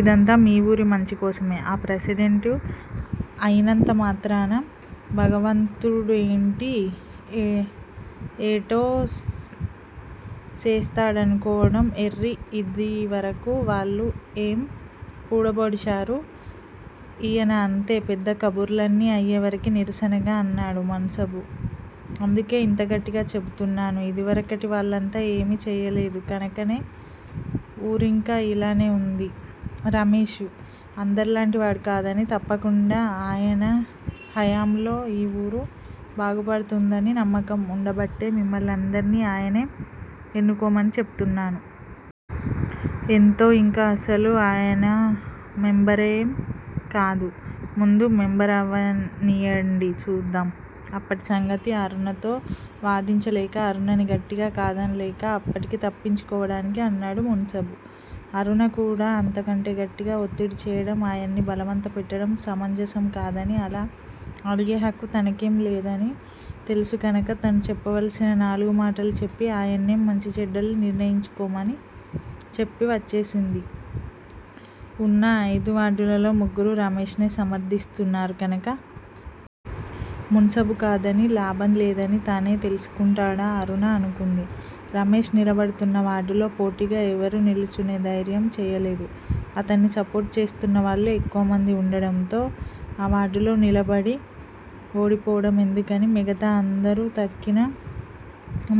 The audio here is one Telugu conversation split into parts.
ఇదంతా మీ ఊరి మంచికోసమే. ఆప్రెసిడెంటు అయినంతమాత్రాన భగవంతుడుడేంటి, ఏటో సేస్తాడనుకోవడం ఎర్రి ఇదివరకు వాళ్ళు ఏం వూడబొడిశారు? ఈయనఅంతే పెద్ద కబుర్లన్నీ అయ్యేవరకే నిరసనగా అన్నాడు మున్సబు. అందుకే ఇంతగట్టిగా చెబుతున్నాను. ఇదివరకటి వాళ్ళంతా ఏమీ చెయ్యలేదు కనకనే వూరింకా ఇలాగే ఉంది. రమేషు అందరిలాంటివాడు కాదని, తప్పకుండా ఆయనహయాములో ఈ ఊరు బాగుపడుతుందనినమ్మకం ఉండబట్టే మిమ్మల్నందరిని ఆయన్నే యెన్నుకోమనిచెపుతున్నాను. ఎంతోఇంకా అసలు ఆయనమెంబరేం కాదు. ముందు మెంబరవనీయండి సూద్దాం. అప్పటిసంగతి అరుణతో వాదించలేక, అరుణని గట్టిగా కాదనలేక అప్పటికి తప్పించుకోవడానికి అన్నాడు మున్సబు. అరుణకూడా అంతకంటే గట్టిగా ఒత్తిడి చేయడం, ఆయన్ని బలవంతపెట్టడం సమంజసం కాదని అలా అడిగే హక్కు తనకేం లేదని తెలుసు కనక తను చెప్పవల్సిన నాలుగు మాటలు చెప్పి ఆయన్నేం మంచిచెడ్డలు నిర్ణయించుకోమని చెప్పి వచ్చేసింది ఉన్న అయిదు వార్డులలో ముగ్గురు రమేష్ నే సమర్ధిస్తున్నారు కనక. మున్సబు కాదని లాభంలేదని తనే తెలుసుకుంటాడా అరుణ అనుకుంది. రమేష్ నిలబడుతున్న వార్డులో పోటీగా ఎవరూ నిలుచునే ధైర్యం చెయ్యలేదు. అతన్ని సపోర్టు చేస్తున్నవాళ్ళు ఎక్కువమంది ఉండడంతో ఆ వార్డులోనిలబడి ఓడిపోవడం ఎందుకని మిగతా అందరూ తక్కిన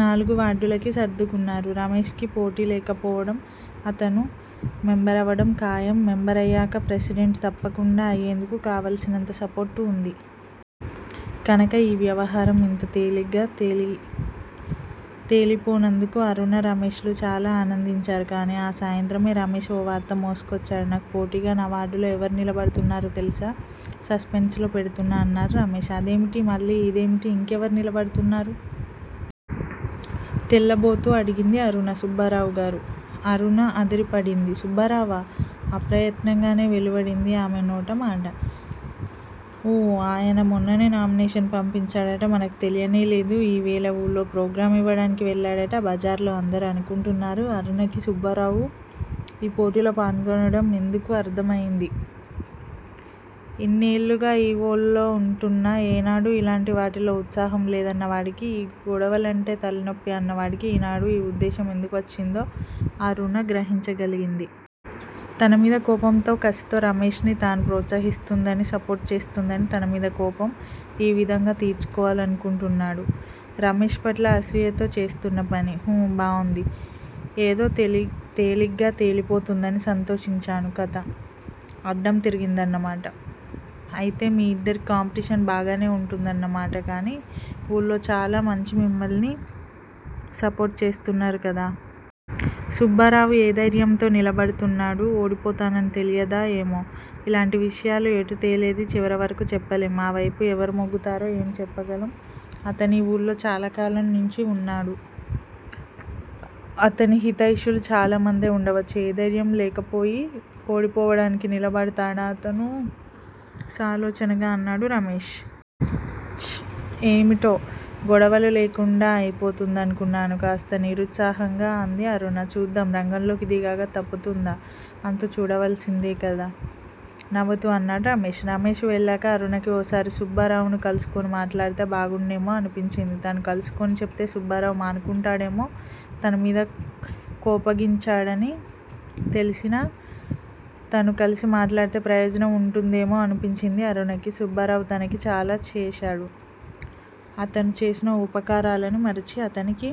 నాలుగు వార్డులకి సర్దుకున్నారు. రమేష్ కి పోటీ లేకపోవడం, అతను మెంబరవడం ఖాయం మెంబరయ్యాక ప్రెసిడెంటు తప్పకుండా అయ్యేందుకు కావలసినంత సపోర్టు ఉంది. కనక ఈ వ్యవహారం ఇంత తేలిగ్గా తేలిపోయినందుకు అరుణ, రమేష్ లు చాలా ఆనందించారు కానీ, ఆ సాయంత్రమే రమేష్ ఓ వార్త మోసుకొచ్చాడు. నాకు పోటీగా నా వార్డులో ఎవరు నిలబడుతున్నారో తెలుసా? సస్పెన్సులో పెడుతూ అన్నారు రమేష్. అదేమిటి? మళ్ళీ ఇదేమిటి? ఇంకెవరు నిలబడుతున్నారు? తెల్లబోతూఅడిగింది అరుణ. సుబ్బారావుగారు: అరుణఅదిరిపడింది సుబ్బారావా అప్రయత్నంగానే వెలువడింది ఆమెనోట మాట. ఊ ఆయన మొన్ననే నామినేషన్ పంపించాడట మనకు తెలియనేలేదు. ఈవేళ ఊళ్ళో ప్రోగ్రాం ఇవ్వడానికి వెళ్ళాడట. బజార్లో అందరూ అనుకుంటున్నారు. అరుణకి సుబ్బారావు ఈ పోటీలో పాల్గొనడం ఎందుకు అర్ధం అయింది. ఇన్ని ఏళ్ళుగా ఈ ఊళ్ళో ఉంటున్నా ఏనాడూ ఇలాంటి వాటిల్లో ఉత్సాహం లేదన్నవాడికి ఈ గొడవలంటే తలనొప్పి అన్నవాడికి ఈ నాడు ఈ ఉద్దేశం ఎందుకువచ్చిందో అరుణ గ్రహించగలిగింది. తనమీద కోపంతో, కసితో రమేష్ ని తను ప్రోత్సహిస్తుందని, సపోర్టు చేస్తూందని తనమీద కోపం యీ విధంగా తీర్చుకోవాలనుకున్నాడు. రమేష్ పట్ల అసూయతో చేస్తున్నపని: హుబాగుంది ఏదో తేలిగ్గా తేలిపోతుందని సంతోషించాను కథ అడ్డం తిరిగిందన్నమాట. అయితే మీ ఇద్దరికీ కాంపిటీషన్ బాగానే ఉంటుందన్న మాటకానీ ఊళ్ళో చాలా మంచిమిమ్మల్ని సపోర్టు చేస్తున్నారు గదా? సుబ్బారావు ఏ ధైర్యంతో నిలబడుతున్నాడు? ఓడిపోతానని తెలియదా? ఏమో? ఇలాంటి విషయాలు ఎటు తేలేది చివరివరకు చెప్పలేం. ఆ వైపు ఎవరు మొగ్గుతారో ఏం చెప్పగలం? అతనీఊళ్ళో చాలాకాలం నించిఉన్నవాడు. అతని హితైషులు చాలా మందే ఉండవచ్చు:ఏ ధైర్యం లేకపోయి ఓడిపోవడానికి నిలబడతాడా అతను? సాలోచనగా అన్నాడు రమేష్. ప్చ్ ఏమిటో గొడవలు లేకుండా అయిపోతుందనుకున్నాను. కాస్త నిరుత్సాహంగా అంది అరుణ. చూద్దాం రంగంలోకి దిగాక తప్పుతుందా అంతు చూడవలసిందేగదా? నవ్వుతూ అన్నాడు రమేష్. రమేషు వెళ్ళాక అరుణకి ఓసారి సుబ్బారావుని కలుసుకుని మాట్లాడితే బాగుండునేమో అనిపించింది తను కలుసుకుని చెపితే సుబ్బారావు మానుకుంటాడేమో తనమీద కోపగించాడని తెలిసినా, తనుకలిసి మాట్లాడితే ప్రయోజనం ఉంటుందేమో అనిపించింది అరుణకి, సుబ్బారావు తనకి చాలా చేశాడు. అతను చేసిన ఉపకారాలని మరచి, అతనికి